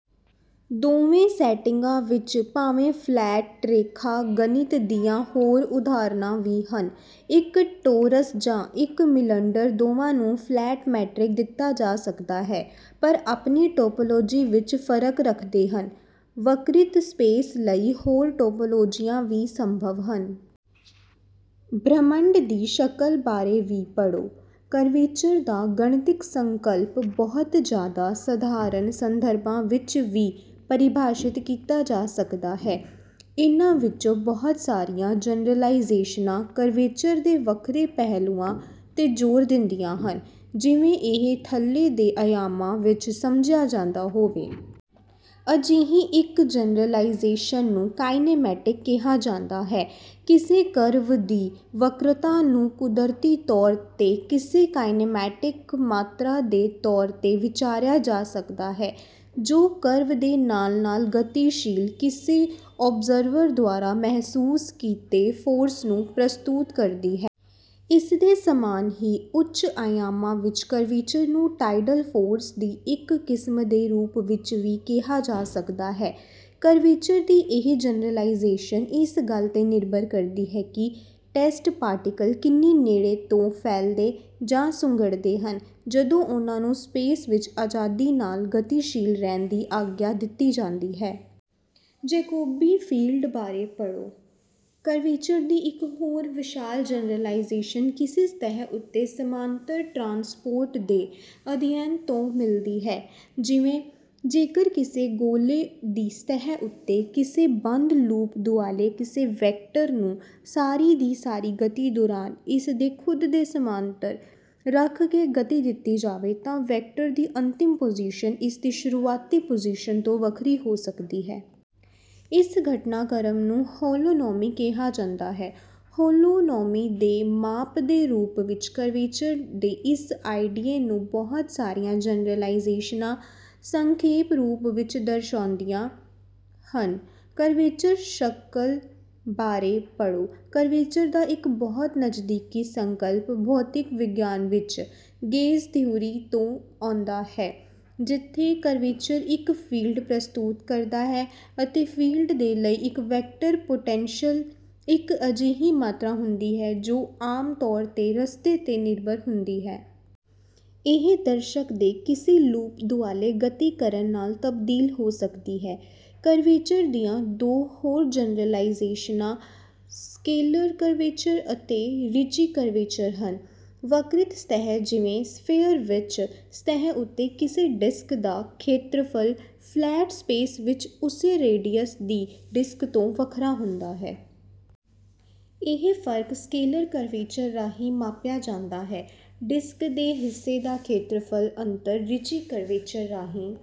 ਦੋਵੇਂ ਸੈਟਿੰਗਾਂ ਵਿੱਚ ਭਾਵੇਂ ਫਲੈਟ ਰੇਖਾ-ਗਣਿਤ ਦੀਆਂ ਹੋਰ ਉਦਾਹਰਨਾਂ ਵੀ ਹਨ। ਇੱਕ ਟੌਰਸ ਜਾਂ ਇੱਕ ਸਿਲੰਡਰ ਦੋਵਾਂ ਨੂੰ ਫਲੈਟ ਮੈਟ੍ਰਿਕ ਦਿੱਤਾ ਜਾ ਸਕਦਾ ਹੈ, ਪਰ ਆਪਣੀ ਟੌਪੌਲੌਜੀ ਵਿੱਚ ਫਰਕ ਰੱਖਦੇ ਹਨ। ਵਕਰਿਤ ਸਪੇਸ ਲਈ ਹੋਰ ਟੌਪੌਲੌਜੀਆਂ ਵੀ ਸੰਭਵ ਹਨ। ਬ੍ਰਹਿਮੰਡ ਦੀ ਸ਼ਕਲ ਬਾਰੇ ਵੀ ਪੜ੍ਹੋ। ਕਰਵੇਚਰ ਦਾ ਗਣਿਤਿਕ ਸੰਕਲਪ ਬਹੁਤ ਜ਼ਿਆਦਾ ਸਧਾਰਨ ਸੰਦਰਭਾਂ ਵਿੱਚ ਵੀ ਪਰਿਭਾਸ਼ਿਤ ਕੀਤਾ ਜਾ ਸਕਦਾ ਹੈ। ਇਨ੍ਹਾਂ ਵਿੱਚੋਂ ਬਹੁਤ ਸਾਰੀਆਂ ਜਨਰਲਾਈਜ਼ੇਸ਼ਨਾਂ ਕਰਵੇਚਰ ਦੇ ਵੱਖਰੇ ਪਹਿਲੂਆਂ 'ਤੇ ਜ਼ੋਰ ਦਿੰਦੀਆਂ ਹਨ ਜਿਵੇਂ ਇਹ ਥੱਲੇ ਦੇ ਅਯਾਮਾਂ ਵਿੱਚ ਸਮਝਿਆ ਜਾਂਦਾ ਹੋਵੇ। ਅਜਿਹੀ ਇੱਕ ਜਨਰਲਾਈਜ਼ੇਸ਼ਨ ਨੂੰ ਕਾਇਨੈਮੈਟਿਕ ਕਿਹਾ ਜਾਂਦਾ ਹੈ। ਕਿਸੇ ਕਰਵ ਦੀ ਵਕਰਤਾ ਨੂੰ ਕੁਦਰਤੀ ਤੌਰ 'ਤੇ ਕਿਸੇ ਕਾਇਨੈਮੈਟਿਕ ਮਾਤਰਾ ਦੇ ਤੌਰ 'ਤੇ ਵਿਚਾਰਿਆ ਜਾ ਸਕਦਾ ਹੈ, ਜੋ ਕਰਵ ਦੇ ਨਾਲ-ਨਾਲ ਗਤੀਸ਼ੀਲ ਕਿਸੇ ਔਬਜ਼ਰਵਰ ਦੁਆਰਾ ਮਹਿਸੂਸ ਕੀਤੇ ਫੋਰਸ ਨੂੰ ਪ੍ਰਸਤੁਤ ਕਰਦੀ ਹੈ। ਇਸਦੇ ਸਮਾਨ ਹੀ, ਉੱਚ-ਅਯਾਮਾਂ ਵਿੱਚ ਕਰਵੇਚਰ ਨੂੰ ਟਾਈਡਲ ਫੋਰਸ ਦੀ ਇੱਕ ਕਿਸਮ ਦੇ ਰੂਪ ਵਿੱਚ ਵੀ ਕਿਹਾ ਜਾ ਸਕਦਾ ਹੈ। ਕਰਵੇਚਰ ਦੀ ਇਹ ਜਨਰਲਾਈਜ਼ੇਸ਼ਨ ਇਸ ਗੱਲ 'ਤੇ ਨਿਰਭਰ ਕਰਦੀ ਹੈ ਕਿ ਟੈਸਟ ਪਾਰਟੀਕਲ ਕਿੰਨੀ ਨੇੜੇ ਤੋਂ ਫੈਲਦੇ ਜਾਂ ਸੁੰਗੜਦੇ ਹਨ ਜਦੋਂ ਉਨ੍ਹਾਂ ਨੂੰ ਸਪੇਸ ਵਿੱਚ ਅਜ਼ਾਦੀ ਨਾਲ ਗਤੀਸ਼ੀਲ ਰਹਿਣ ਦੀ ਆਗਿਆ ਦਿੱਤੀ ਜਾਂਦੀ ਹੈ। ਜੈਕੋਬੀ ਫੀਲਡ ਬਾਰੇ ਪੜ੍ਹੋ। ਕਰਵੇਚਰ ਦੀ ਇੱਕ ਹੋਰ ਵਿਸ਼ਾਲ ਜਨਰਲਾਈਜ਼ੇਸ਼ਨ ਕਿਸੇ ਸਤਹਿ ਉੱਤੇ ਸਮਾਂਤਰ ਟਰਾਂਸਪੋਰਟ ਦੇ ਅਧਿਐਨ ਤੋਂ ਮਿਲਦੀ ਹੈ। ਜਿਵੇਂ, ਜੇਕਰ ਕਿਸੇ ਗੋਲੇ ਦੀ ਸਤਹਿ ਉੱਤੇ ਕਿਸੇ ਬੰਦ ਲੂਪ ਦੁਆਲੇ ਕਿਸੇ ਵੈਕਟਰ ਨੂੰ ਸਾਰੀ ਦੀ ਸਾਰੀ ਗਤੀ ਦੌਰਾਨ ਇਸਦੇ ਖੁਦ ਦੇ ਸਮਾਂਤਰ ਰੱਖ ਕੇ ਗਤੀ ਦਿੱਤੀ ਜਾਵੇ, ਤਾਂ ਵੈਕਟਰ ਦੀ ਅੰਤਿਮ ਪੁਜੀਸ਼ਨ ਇਸਦੀ ਸ਼ੁਰੂਆਤੀ ਪੁਜੀਸ਼ਨ ਤੋਂ ਵੱਖਰੀ ਵੀ ਹੋ ਸਕਦੀ ਹੈ। ਇਸ ਘਟਨਾਕ੍ਰਮ ਨੂੰ ਹੋਲੋਨੋਮੀ ਕਿਹਾ ਜਾਂਦਾ ਹੈ। ਹੋਲੋਨੋਮੀ ਦੇ ਮਾਪ ਦੇ ਰੂਪ ਵਿੱਚ ਕਰਵੇਚਰ ਦੇ ਇਸ ਆਈਡੀਏ ਨੂੰ ਬਹੁਤ ਸਾਰੀਆਂ ਜਨਰਲਾਈਜ਼ੇਸ਼ਨਾਂ ਸੰਖੇਪ ਰੂਪ ਵਿੱਚ ਦਰਸਾਉਂਦੀਆਂ ਹਨ। ਕਰਵੇਚਰ ਸ਼ਕਲ ਬਾਰੇ ਪੜ੍ਹੋ। ਕਰਵੇਚਰ ਦਾ ਇੱਕ ਬਹੁਤ ਨਜ਼ਦੀਕੀ ਸੰਕਲਪ ਭੌਤਿਕ ਵਿਗਿਆਨ ਵਿੱਚ ਗੇਜ ਥਿਊਰੀ ਤੋਂ ਆਉਂਦਾ ਹੈ, ਜਿੱਥੇ ਕਰਵੇਚਰ ਇੱਕ ਫੀਲਡ ਪ੍ਰਸਤੁਤ ਕਰਦਾ ਹੈ ਅਤੇ ਫੀਲਡ ਦੇ ਲਈ ਇੱਕ ਵੈਕਟਰ ਪੁਟੈਂਸ਼ਲ ਇੱਕ ਅਜਿਹੀ ਮਾਤਰਾ ਹੁੰਦੀ ਹੈ ਜੋ ਆਮ ਤੌਰ 'ਤੇ ਰਸਤੇ 'ਤੇ ਨਿਰਭਰ ਹੁੰਦੀ ਹੈ। ਇਹ ਦਰਸ਼ਕ ਦੇ ਕਿਸੇ ਲੂਪ ਦੁਆਲੇ ਗਤੀ ਕਰਨ ਨਾਲ ਤਬਦੀਲ ਹੋ ਸਕਦੀ ਹੈ। ਕਰਵੇਚਰ ਦੀਆਂ ਦੋ ਹੋਰ ਜਨਰਲਾਈਜ਼ੇਸ਼ਨਾਂ ਸਕੇਲਰ ਕਰਵੇਚਰ ਅਤੇ ਰਿੱਚੀ ਕਰਵੇਚਰ ਹਨ। ਵਕਰਿਤ ਸਤਹਿ ਜਿਵੇਂ ਸਫੀਅਰ ਵਿੱਚ, ਸਤਹਿ ਉੱਤੇ ਕਿਸੇ ਡਿਸਕ ਦਾ ਖੇਤਰਫਲ, ਫਲੈਟ ਸਪੇਸ ਵਿੱਚ ਉਸੇ ਰੇਡੀਅਸ ਦੀ ਡਿਸਕ ਤੋਂ ਵੱਖਰਾ ਹੁੰਦਾ ਹੈ। ਇਹ ਫਰਕ ਸਕੇਲਰ ਕਰਵੇਚਰ ਰਾਹੀਂ ਮਾਪਿਆ ਜਾਂਦਾ ਹੈ। ਡਿਸਕ ਦੇ ਹਿੱਸੇ ਦਾ ਖੇਤਰਫਲ ਅੰਤਰ ਰਿੱਚੀ ਕਰਵੇਚਰ ਰਾਹੀਂ